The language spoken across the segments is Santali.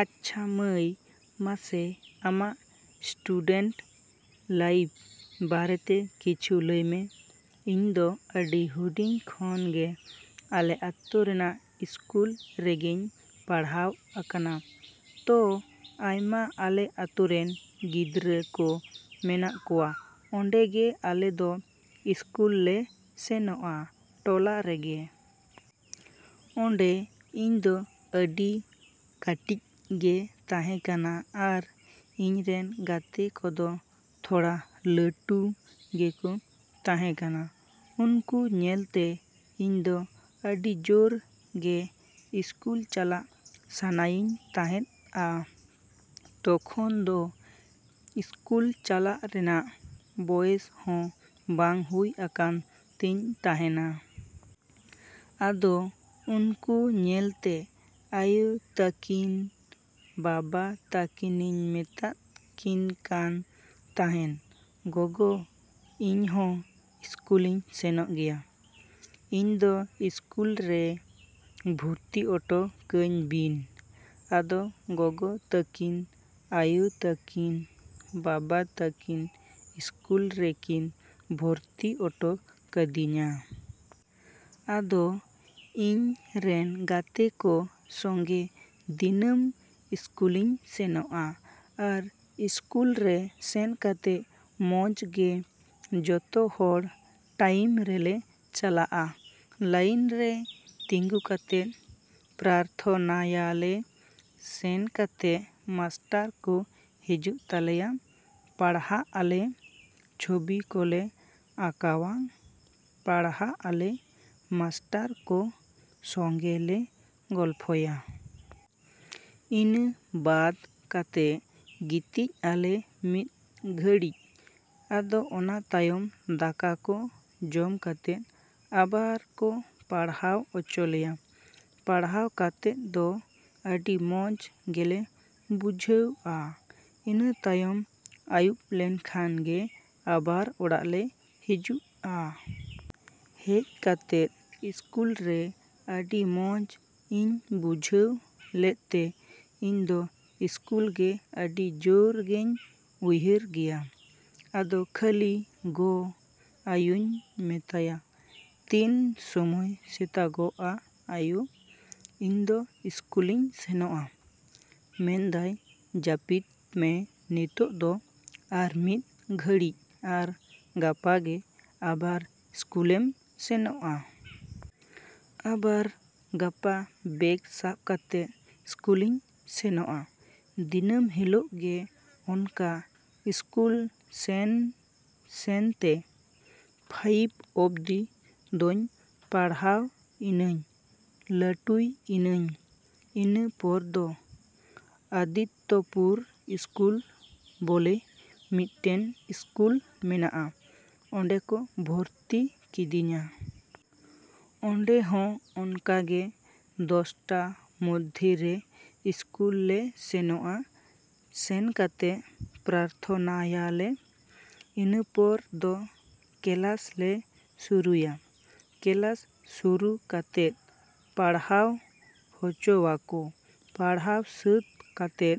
‎ᱟᱪᱪᱷᱟ ᱢᱟᱹᱭ, ᱢᱟᱥᱮ ᱟᱢᱟᱜ ᱥᱴᱩᱰᱮᱱᱴ ᱞᱟᱭᱤᱯ ᱵᱟᱨᱮᱛᱮ ᱠᱤᱪᱷᱩ ᱞᱟᱹᱭ ᱢᱮ᱾ ᱤᱧ ᱫᱚ ᱟᱹᱰᱤ ᱦᱩᱰᱤᱧ ᱠᱷᱚᱱ ᱜᱮ ᱟᱞᱮ ᱟᱛᱳ ᱨᱮᱱᱟᱜ ᱤᱥᱠᱩᱞ ᱨᱮᱜᱮᱧ ᱯᱟᱲᱦᱟᱣ ᱟᱠᱟᱱᱟ᱾ ᱛᱚ ᱟᱭᱢᱟ ᱟᱞᱮ ᱟᱛᱳᱨᱮᱱ ᱜᱤᱫᱽᱨᱟᱹ ᱠᱚ ᱢᱮᱱᱟᱜ ᱠᱚᱣᱟ ᱚᱸᱰᱮ ᱜᱮ ᱟᱞᱮ ᱫᱚ ᱤᱥᱠᱩᱞ ᱞᱮ ᱥᱮᱱᱚᱜᱼᱟ ᱴᱚᱞᱟ ᱨᱮᱜᱮ᱾ ᱚᱸᱰᱮ ᱤᱧ ᱫᱚ ᱟᱹᱰᱤ ᱠᱟᱴᱤᱡ ᱜᱮᱧ ᱛᱟᱦᱮᱸ ᱠᱟᱱᱟ ᱟᱨ ᱤᱧ ᱨᱮᱱ ᱜᱟᱛᱮ ᱠᱚᱫᱚ ᱛᱷᱚᱲᱟ ᱞᱟᱹᱴᱩ ᱜᱮᱠᱚ ᱛᱟᱦᱮᱸ ᱠᱟᱱᱟ᱾ ᱩᱱᱠᱩ ᱧᱮᱞ ᱛᱮ ᱤᱧ ᱫᱚ ᱟᱹᱰᱤ ᱡᱳᱨ ᱜᱮ ᱤᱥᱠᱩᱞ ᱪᱟᱞᱟᱜ ᱥᱟᱱᱟᱭᱤᱧ ᱛᱟᱦᱮᱸᱫᱼᱟ᱾ ᱛᱚᱠᱷᱚᱱ ᱫᱚ ᱥᱠᱩᱞ ᱪᱟᱞᱟᱜ ᱨᱮᱱᱟᱜ ᱵᱚᱭᱮᱥ ᱦᱚᱸ ᱵᱟᱝ ᱦᱩᱭ ᱟᱠᱟᱱ ᱛᱤᱧ ᱛᱟᱦᱮᱸᱱᱟ᱾ ᱟᱫᱚ ᱩᱱᱠᱩ ᱧᱮᱞ ᱛᱮ ᱟᱭᱳ ᱛᱟᱹᱠᱤᱱ, ᱵᱟᱵᱟ ᱛᱟᱹᱠᱤᱱᱤᱧ ᱢᱮᱛᱟᱫ ᱠᱤᱱᱠᱟᱱ ᱛᱟᱦᱮᱸᱱ, "ᱜᱚᱜᱚ, ᱤᱧ ᱦᱚᱸ ᱥᱠᱩᱞᱤᱧ ᱥᱮᱱᱚᱜ ᱜᱮᱭᱟ, ᱤᱧ ᱫᱚ ᱥᱠᱩᱞ ᱨᱮ ᱵᱷᱩᱨᱛᱤ ᱚᱴᱚ ᱠᱟᱹᱧ ᱵᱤᱱ ᱾" ᱟᱫᱚ ᱜᱚᱜᱚ ᱛᱟᱹᱠᱤᱱ, ᱟᱭᱳ ᱛᱟᱹᱠᱤᱱ, ᱵᱟᱵᱟ ᱛᱟᱹᱠᱤᱱ ᱥᱠᱩᱞ ᱨᱮᱠᱤᱱ ᱵᱷᱚᱨᱛᱤ ᱚᱴᱚ ᱠᱟᱹᱫᱤᱧᱟ᱾ ᱟᱫᱚ ᱤᱧ ᱨᱮᱱ ᱜᱟᱛᱮ ᱠᱚ ᱥᱚᱸᱜᱮ ᱫᱤᱱᱟᱹᱢ ᱥᱠᱩᱞᱤᱧ ᱥᱮᱱᱚᱜᱼᱟ᱾ ᱟᱨ ᱥᱠᱩᱞ ᱨᱮ ᱥᱮᱱ ᱠᱟᱛᱮᱫ ᱢᱚᱸᱡᱽ ᱜᱮ ᱡᱚᱛᱚ ᱦᱚᱲ ᱴᱟᱭᱤᱢ ᱨᱮᱞᱮ ᱪᱟᱞᱟᱜᱼᱟ᱾ ᱞᱟᱹᱭᱤᱱ ᱨᱮ ᱛᱤᱸᱜᱩ ᱠᱟᱛᱮᱫ ᱯᱨᱟᱨᱛᱷᱚᱱᱟᱭᱟᱞᱮ, ᱥᱮᱱ ᱠᱟᱛᱮᱫ ᱢᱟᱥᱴᱟᱨ ᱠᱚ ᱦᱤᱡᱩᱜ ᱛᱟᱞᱮᱭᱟ᱾ ᱯᱟᱲᱦᱟᱜ ᱟᱞᱮ, ᱪᱷᱚᱵᱤ ᱠᱚᱞᱮ ᱟᱸᱠᱟᱣᱟ, ᱯᱟᱲᱦᱟᱜ ᱟᱞᱮ, ᱢᱟᱥᱴᱟᱨ ᱠᱚ ᱥᱚᱸᱜᱮ ᱞᱮ ᱜᱚᱞᱯᱷᱚᱭᱟ᱾ ᱤᱱᱟᱹ ᱵᱟᱫᱽ ᱠᱟᱛᱮᱫ ᱜᱤᱛᱤᱡ ᱟᱞᱮ ᱢᱤᱫ ᱜᱷᱟᱹᱲᱤᱡ᱾ ᱟᱫᱚ ᱚᱱᱟ ᱛᱟᱭᱚᱢ ᱫᱟᱠᱟ ᱠᱚ ᱡᱚᱢ ᱠᱟᱛᱮᱫ ᱟᱵᱟᱨ ᱠᱚ ᱯᱟᱲᱦᱟᱣ ᱚᱪᱚ ᱞᱮᱭᱟ᱾ ᱯᱟᱲᱦᱟᱣ ᱠᱟᱛᱮᱫ ᱫᱚ ᱟᱹᱰᱤ ᱢᱚᱸᱡᱽ ᱜᱮᱞᱮ ᱵᱩᱡᱷᱟᱹᱣᱼᱟ᱾ ᱤᱱᱟᱹ ᱛᱟᱭᱚᱢ ᱟᱭᱩᱵ ᱞᱮᱱ ᱠᱷᱟᱱ ᱜᱮ ᱟᱵᱟᱨ ᱚᱲᱟᱜ ᱞᱮ ᱦᱤᱡᱩᱜᱼᱟ᱾ ᱦᱮᱡ ᱠᱟᱛᱮᱫ ᱥᱠᱩᱞ ᱨᱮ ᱟᱹᱰᱤ ᱢᱚᱸᱡᱽ ᱤᱧ ᱵᱩᱡᱷᱟᱹᱣ ᱞᱮᱫ ᱛᱮ ᱤᱧ ᱫᱚ ᱥᱠᱩᱞ ᱜᱮ ᱟᱹᱰᱤ ᱡᱳᱨ ᱜᱮᱧ ᱩᱭᱦᱟᱹᱨ ᱜᱮᱭᱟ᱾ ᱟᱫᱚ ᱠᱷᱟᱹᱞᱤ ᱜᱚ, ᱟᱭᱳᱧ ᱢᱮᱛᱟᱭᱟ, "ᱛᱤᱱ ᱥᱚᱢᱚᱭ ᱥᱮᱛᱟᱜᱚᱜᱼᱟ ᱟᱭᱳ? ᱤᱧ ᱫᱚ ᱥᱠᱩᱞᱤᱧ ᱥᱮᱱᱚᱜᱼᱟ᱾" ᱢᱮᱱ ᱫᱟᱭ, "ᱡᱟᱯᱤᱛ ᱢᱮ ᱱᱤᱛᱚᱜ ᱫᱚ ᱟᱨ ᱢᱤᱫ ᱜᱷᱟᱹᱲᱤᱡ, ᱟᱨ ᱜᱟᱯᱟ ᱜᱮ ᱟᱵᱟᱨ ᱥᱠᱩᱞᱮᱢ ᱥᱮᱱᱚᱜᱼᱟ᱾" ᱟᱵᱟᱨ ᱜᱟᱯᱟ ᱵᱮᱜᱽ ᱥᱟᱵ ᱠᱟᱛᱮᱫ ᱥᱠᱩᱞᱤᱧ ᱥᱮᱱᱚᱜᱼᱟ᱾ ᱫᱤᱱᱟᱹᱢ ᱦᱤᱞᱳᱜ ᱜᱮ ᱚᱱᱠᱟ ᱥᱠᱩᱞ ᱥᱮᱱᱼᱥᱮᱱ ᱛᱮ ᱯᱷᱟᱭᱤᱵ ᱚᱵᱽᱫᱤ ᱫᱚᱧ ᱯᱟᱲᱦᱟᱣ ᱤᱱᱟᱹᱧ ᱞᱟᱹᱴᱩᱭ ᱤᱱᱟᱹᱧ᱾ ᱤᱱᱟᱹ ᱯᱚᱨ ᱫᱚ ᱟᱫᱤᱛᱛᱚᱯᱩᱨ ᱥᱠᱩᱞ ᱵᱚᱞᱮ ᱢᱤᱫᱴᱮᱱ ᱤᱥᱠᱩᱞ ᱢᱮᱱᱟᱜᱼᱟ᱾ ᱚᱸᱰᱮ ᱠᱚ ᱵᱷᱚᱨᱛᱤ ᱠᱤᱫᱤᱧᱟ᱾ ᱚᱸᱰᱮ ᱦᱚᱸ ᱚᱱᱠᱟ ᱜᱮ ᱫᱚᱥᱴᱟ ᱢᱚᱫᱽᱫᱷᱮ ᱨᱮ ᱥᱠᱩᱞ ᱞᱮ ᱥᱮᱱᱚᱜᱼᱟ᱾ ᱥᱮᱱ ᱠᱟᱛᱮᱫ ᱯᱨᱟᱨᱛᱷᱚᱱᱟᱭᱟᱞᱮ᱾ ᱤᱱᱟᱹᱯᱚᱨ ᱫᱚ ᱠᱮᱞᱟᱥ ᱞᱮ ᱥᱩᱨᱩᱭᱟ᱾ ᱠᱮᱞᱟᱥ ᱥᱩᱨᱩ ᱠᱟᱛᱮᱫ ᱯᱟᱲᱦᱟᱣ ᱦᱚᱪᱚᱣᱟᱠᱚ᱾ ᱯᱟᱲᱦᱟᱣ ᱥᱟᱹᱛ ᱠᱟᱛᱮᱫ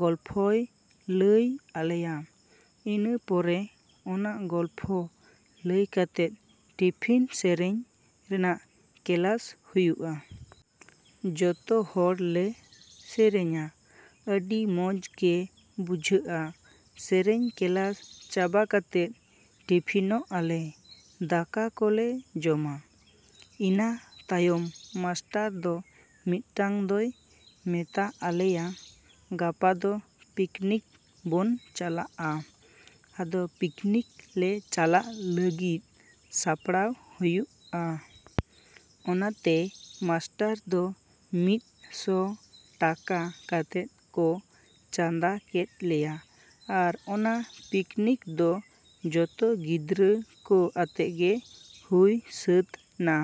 ᱜᱚᱞᱯᱷᱚᱭ ᱞᱟᱹᱭ ᱟᱞᱮᱭᱟ᱾ ᱤᱱᱟᱹ ᱯᱚᱨᱮ ᱚᱱᱟ ᱜᱚᱞᱯᱷᱚ ᱞᱟᱹᱭ ᱠᱟᱛᱮᱫ ᱴᱤᱯᱷᱤᱱ ᱥᱮᱨᱮᱧ ᱨᱮᱱᱟᱜ ᱠᱮᱞᱟᱥ ᱦᱩᱭᱩᱜᱼᱟ᱾ ᱡᱚᱛᱚ ᱦᱚᱲ ᱞᱮ ᱥᱮᱨᱮᱧᱟ᱾ ᱟᱹᱰᱤ ᱢᱚᱸᱡᱽ ᱜᱮ ᱵᱩᱡᱷᱟᱹᱜᱼᱟ᱾ ᱥᱮᱨᱮᱧ ᱠᱮᱞᱟᱥ ᱪᱟᱵᱟ ᱠᱟᱛᱮᱫ ᱴᱤᱯᱷᱤᱱᱚᱜ ᱟᱞᱮ᱾ ᱫᱟᱠᱟ ᱠᱚᱞᱮ ᱡᱚᱢᱟ᱾ ᱤᱱᱟ ᱛᱟᱭᱚᱢ ᱢᱟᱥᱴᱟᱨ ᱫᱚ ᱢᱤᱫᱴᱟᱝ ᱫᱚᱭ ᱢᱮᱛᱟ ᱟᱞᱮᱭᱟ, "ᱜᱟᱯᱟ ᱫᱚ ᱯᱤᱠᱱᱤᱠ ᱵᱚᱱ ᱪᱟᱞᱟᱜᱼᱟ᱾" ᱟᱫᱚ ᱯᱤᱠᱱᱤᱠ ᱞᱮ ᱪᱟᱞᱟᱜ ᱞᱟᱹᱜᱤᱫ ᱥᱟᱯᱲᱟᱣ ᱦᱩᱭᱩᱜᱼᱟ᱾ ᱚᱱᱟᱛᱮ ᱢᱟᱥᱴᱟᱨ ᱫᱚ ᱢᱤᱫ ᱥᱚ ᱴᱟᱠᱟ ᱠᱟᱛᱮᱫ ᱠᱚ ᱪᱟᱸᱫᱟ ᱠᱮᱫ ᱞᱮᱭᱟ᱾ ᱟᱨ ᱚᱱᱟ ᱯᱤᱠᱱᱤᱠ ᱫᱚ ᱡᱚᱛᱚ ᱜᱤᱫᱽᱨᱟᱹ ᱠᱚ ᱟᱛᱮ ᱜᱮ ᱦᱩᱭ ᱥᱟ.ᱛ ᱱᱟ᱾